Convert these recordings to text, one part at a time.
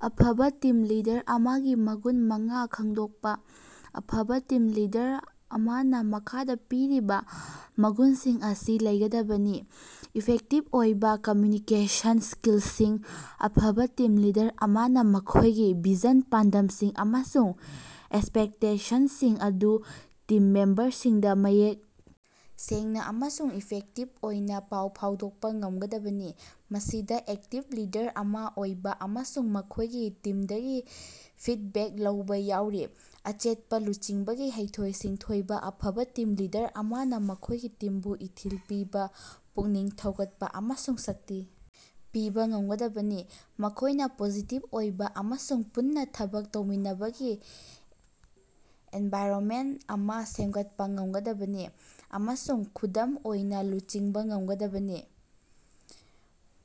ꯑꯐꯕꯥ team leader ꯑꯃꯒꯤ ꯃꯒꯨꯟ ꯃꯉꯥ ꯈꯡꯗꯣꯛꯄ꯫ ꯑꯐꯕ ꯇꯤꯝ ꯂꯤꯗꯔ ꯑꯃꯅ ꯃꯈꯥꯗ ꯄꯤꯔꯤꯕ ꯃꯒꯨꯟꯁꯤꯡ ꯑꯁꯤ ꯂꯩꯒꯗꯕꯅꯤ: ꯏꯐꯦꯛꯇꯤꯚ ꯑꯣꯏꯕꯥ ꯀꯝꯃ꯭ꯌꯨꯅꯤꯀꯦꯁꯟ ꯁ꯭ꯀꯤꯜꯁꯤꯡ: ꯑꯐꯕ ꯇꯤꯝ ꯂꯤꯗꯔ ꯑꯃꯅ ꯃꯈꯣꯢꯒꯤ ꯚꯤꯖꯟ, ꯄꯥꯟꯗꯝꯁꯤꯡ ꯑꯃꯁꯨꯡ ꯑꯦꯛꯁꯄꯦꯛꯇꯦꯁꯟꯁꯤꯡ ꯑꯗꯨ ꯇꯤꯝ ꯃꯦꯝꯕꯔꯁꯤꯡꯗ ꯃꯌꯦꯛ ꯁꯦꯡꯅ ꯑꯃꯁꯨꯡ ꯏꯐꯦꯛꯇꯤꯚ ꯑꯣꯏꯅ ꯄꯥꯎ ꯐꯥꯎꯗꯣꯛꯄ ꯉꯝꯒꯗꯕꯅꯤ꯫ ꯃꯁꯤꯗꯥ ꯑꯦꯛꯇꯤꯕ ꯂꯤꯗꯔ ꯑꯃ ꯑꯣꯏꯕ ꯑꯃꯁꯨꯡ ꯃꯈꯣꯢꯒꯤ ꯇꯤꯝꯗꯒꯤ ꯐꯤꯗꯕꯦꯛ ꯂꯧꯕꯥ ꯌꯥꯎꯔꯤ꯫ ꯑꯆꯦꯠꯄ ꯂꯨꯆꯤꯡꯕꯒꯤ ꯍꯩꯊꯣꯏ-ꯁꯤꯡꯊꯣꯏꯕꯥ: ꯑꯐꯕ ꯇꯤꯝ ꯂꯤꯗꯔ ꯑꯃꯅ ꯃꯈꯣꯢꯒꯤ ꯇꯤꯝꯕꯨ ꯏꯊꯤꯜ ꯄꯤꯕꯥ ꯄꯨꯛꯅꯤꯡ ꯊꯧꯒꯠꯄ ꯑꯃꯁꯨꯡ ꯁꯛꯇꯤ ꯄꯤꯕ ꯉꯝꯒꯗꯕꯅꯤ꯫ ꯃꯈꯣꯢꯅ ꯄꯣꯖꯤꯇꯤꯕ ꯑꯣꯏꯕ ꯑꯃꯁꯨꯡ ꯄꯨꯟꯅ ꯊꯕꯛ ꯇꯧꯃꯤꯟꯅꯕꯒꯤ ꯑꯦꯅꯚꯥꯏꯔꯅꯃꯦꯟꯇ ꯑꯃ ꯁꯦꯝꯒꯠꯄ ꯉꯝꯒꯗꯕꯅꯤ ꯑꯃꯁꯨꯡ ꯈꯨꯗꯝ ꯑꯣꯏꯅ ꯂꯨꯆꯤꯡꯕ ꯉꯝꯒꯗꯕꯅꯤ꯫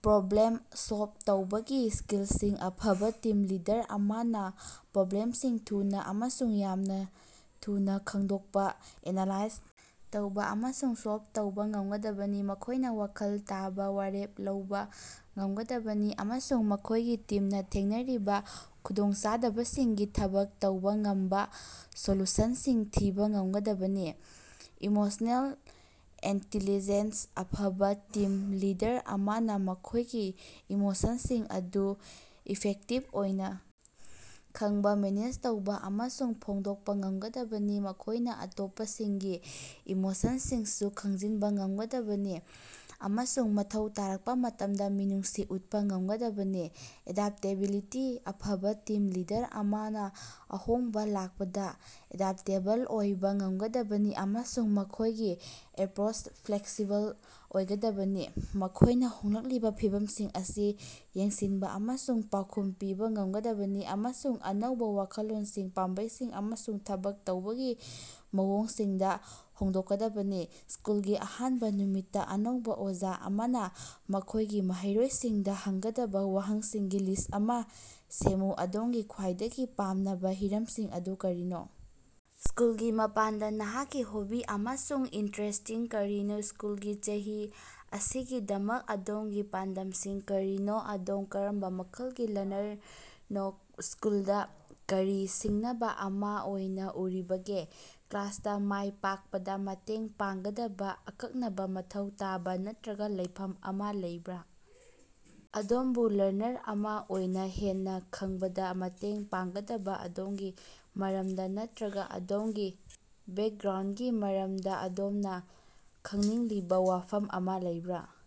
ꯄ꯭ꯔꯣꯕ꯭ꯂꯦꯝ ꯁꯣꯜꯕ ꯇꯧꯕꯒꯤ ꯁ꯭ꯀꯤꯜꯁꯤꯡ: ꯑꯐꯕ ꯇꯤꯝ ꯂꯤꯗꯔ ꯑꯃꯅ ꯄ꯭ꯔꯣꯕ꯭ꯂꯦꯝꯁꯤꯡ ꯊꯨꯅ ꯑꯃꯁꯨꯡ ꯌꯥꯝꯅ ꯊꯨꯅ ꯈꯪꯗꯣꯛꯄ ꯑꯦꯅꯥꯂꯥꯏꯖ ꯇꯧꯕ ꯑꯃꯁꯨꯡ ꯁꯣꯜꯕ ꯇꯧꯕ ꯉꯝꯒꯗꯕꯅꯤ꯫ ꯃꯈꯣꯢꯅ ꯋꯥꯈꯜ ꯇꯥꯕ ꯋꯥꯔꯦꯞ ꯂꯧꯕ ꯉꯝꯒꯗꯕꯅꯤ ꯑꯃꯁꯨꯡ ꯃꯈꯣꯢꯒꯤ ꯇꯤꯝꯅ ꯊꯦꯡꯅꯔꯤꯕ ꯈꯨꯗꯣꯡꯆꯥꯗꯕꯁꯤꯡꯒꯤ ꯊꯕꯛ ꯇꯧꯕꯥ ꯉꯝꯕꯥ ꯁꯣꯂꯨꯁꯟꯁꯤꯡ ꯊꯤꯕ ꯉꯝꯒꯗꯕꯅꯤ꯫ ꯏꯃꯣꯁꯅꯦꯜ ꯏꯟꯇꯦꯂꯤꯖꯦꯟꯁ: ꯑꯐꯕ ꯇꯤꯝ ꯂꯤꯗꯔ ꯑꯃꯅ ꯃꯈꯣꯢꯒꯤ ꯏꯃꯣꯁꯟꯁꯤꯡ ꯑꯗꯨ ꯏꯐꯦꯛꯇꯤꯕ ꯑꯣꯏꯅ ꯈꯪꯕꯥ ꯃꯦꯅꯦꯖ ꯇꯧꯕ ꯑꯃꯁꯨꯡ ꯐꯣꯡꯗꯣꯛꯄ ꯉꯝꯒꯗꯕꯅꯤ꯫ ꯃꯈꯣꯢꯅ ꯑꯇꯣꯞꯄꯁꯤꯡꯒꯤ ꯏꯃꯣꯁꯟꯁꯤꯡꯁꯨ ꯈꯪꯖꯤꯟꯕ ꯉꯝꯒꯗꯕꯅꯤ ꯑꯃꯁꯨꯡ ꯃꯊꯧ ꯇꯥꯔꯛꯄ ꯃꯇꯝꯗ ꯃꯤꯅꯨꯡꯁꯤ ꯎꯠꯄꯥ ꯉꯝꯒꯗꯕꯅꯤ꯫ ꯑꯦꯗꯥꯞꯇꯦꯕꯤꯂꯤꯇꯤ: ꯑꯐꯕ ꯇꯤꯝ ꯂꯤꯗꯔ ꯑꯃꯅ ꯑꯍꯣꯡꯕ ꯂꯥꯛꯄꯗ ꯑꯦꯗꯞꯇꯦꯕꯜ ꯑꯣꯏꯕ ꯉꯝꯒꯗꯕꯅꯤ ꯑꯃꯁꯨꯡ ꯃꯈꯣꯢꯒꯤ ꯑꯦꯄ꯭ꯔꯣꯆꯇ ꯐ꯭ꯂꯦꯛꯁꯤꯕꯜ ꯑꯣꯏꯒꯗꯕꯅꯤ꯫ ꯃꯈꯣꯢꯅ ꯍꯣꯡꯂꯛꯂꯤꯕ ꯐꯤꯚꯝꯁꯤꯡ ꯑꯁꯤ ꯌꯦꯡꯁꯤꯟꯕ ꯑꯃꯁꯨꯡ ꯄꯥꯎꯈꯨꯝ ꯄꯤꯕꯥ ꯉꯝꯒꯗꯕꯅꯤ ꯑꯃꯁꯨꯡ ꯑꯅꯧꯕꯥ ꯋꯥꯈꯜꯂꯣꯟꯁꯤꯡ, ꯄꯥꯝꯕꯩꯁꯤꯡ ꯑꯃꯁꯨꯡ ꯊꯕꯛ ꯇꯧꯕꯒꯤ ꯃꯑꯣꯡꯁꯤꯡꯗ ꯍꯥꯡꯗꯣꯛꯀꯗꯕꯅꯤ꯫ ꯁ꯭ꯀꯨꯜꯒꯤ ꯑꯍꯥꯟꯕ ꯅꯨꯃꯤꯠꯇ ꯑꯅꯧꯕ ꯑꯣꯖꯥ ꯑꯃꯅ ꯃꯈꯣꯢꯒꯤ ꯃꯍꯩꯔꯣꯢꯁꯤꯡꯗ ꯍꯪꯒꯗꯕ ꯋꯥꯍꯪꯁꯤꯡꯒꯤ ꯂꯤꯁ꯭ꯠ ꯑꯃꯥ ꯁꯦꯝꯃꯨ꯫ ꯑꯗꯣꯝꯒꯤ ꯈ꯭ꯋꯥꯏꯗꯒꯤ ꯄꯥꯝꯅꯕ ꯍꯤꯔꯝꯁꯤꯡ ꯑꯗꯨ ꯀꯔꯤꯅꯣ? ꯁ꯭ꯀꯨꯜꯒꯤ ꯃꯄꯥꯟꯗ ꯅꯍꯥꯛꯀꯤ ꯍꯣꯕꯤ ꯑꯃꯁꯨꯡ ꯏꯟꯇꯔꯦꯁ꯭ꯇꯁꯤꯡ ꯀꯔꯤꯅꯣ? ꯁ꯭ꯀꯨꯜꯒꯤ ꯆꯍꯤ ꯑꯁꯤꯒꯤꯗꯃꯛ ꯑꯗꯣꯝꯒꯤ ꯄꯥꯟꯗꯝꯁꯤꯡ ꯀꯔꯤꯅꯣ? ꯑꯗꯣꯝ ꯀꯔꯝꯕ ꯃꯈꯜꯒꯤ ꯂꯔꯅꯔꯅꯣ? ꯁ꯭ꯀꯨꯜꯗ ꯀꯔꯤ ꯁꯤꯡꯅꯕ ꯑꯃꯥ ꯑꯣꯏꯅ ꯎꯔꯤꯕꯒꯦ? ꯀ꯭ꯂꯥꯁꯇ ꯃꯥꯢ ꯄꯥꯛꯄꯗ ꯃꯇꯦꯡ ꯄꯥꯡꯒꯗꯕ ꯑꯀꯛꯅꯕ ꯃꯊꯧ ꯇꯥꯕ ꯅꯠꯇ꯭ꯔꯒ ꯂꯩꯐꯝ ꯑꯃꯥ ꯂꯩꯕꯔꯥ? ꯑꯗꯣꯝꯕꯨ ꯂꯔꯅꯔ ꯑꯃ ꯑꯣꯏꯅ ꯍꯦꯟꯅ ꯈꯪꯕꯗꯥ ꯃꯇꯦꯡ ꯄꯥꯡꯒꯗꯕ ꯑꯗꯣꯝꯒꯤ ꯃꯔꯝꯗ ꯅꯠꯇ꯭ꯔꯒ ꯑꯗꯣꯝꯒꯤ ꯕꯦꯛꯒ꯭ꯔꯥꯎꯟꯗꯒꯤ ꯃꯔꯝꯗ ꯑꯗꯣꯝꯅ ꯈꯪꯅꯤꯡꯂꯤꯕ ꯋꯥꯐꯝ ꯑꯃꯥ ꯂꯩꯕꯔꯥ?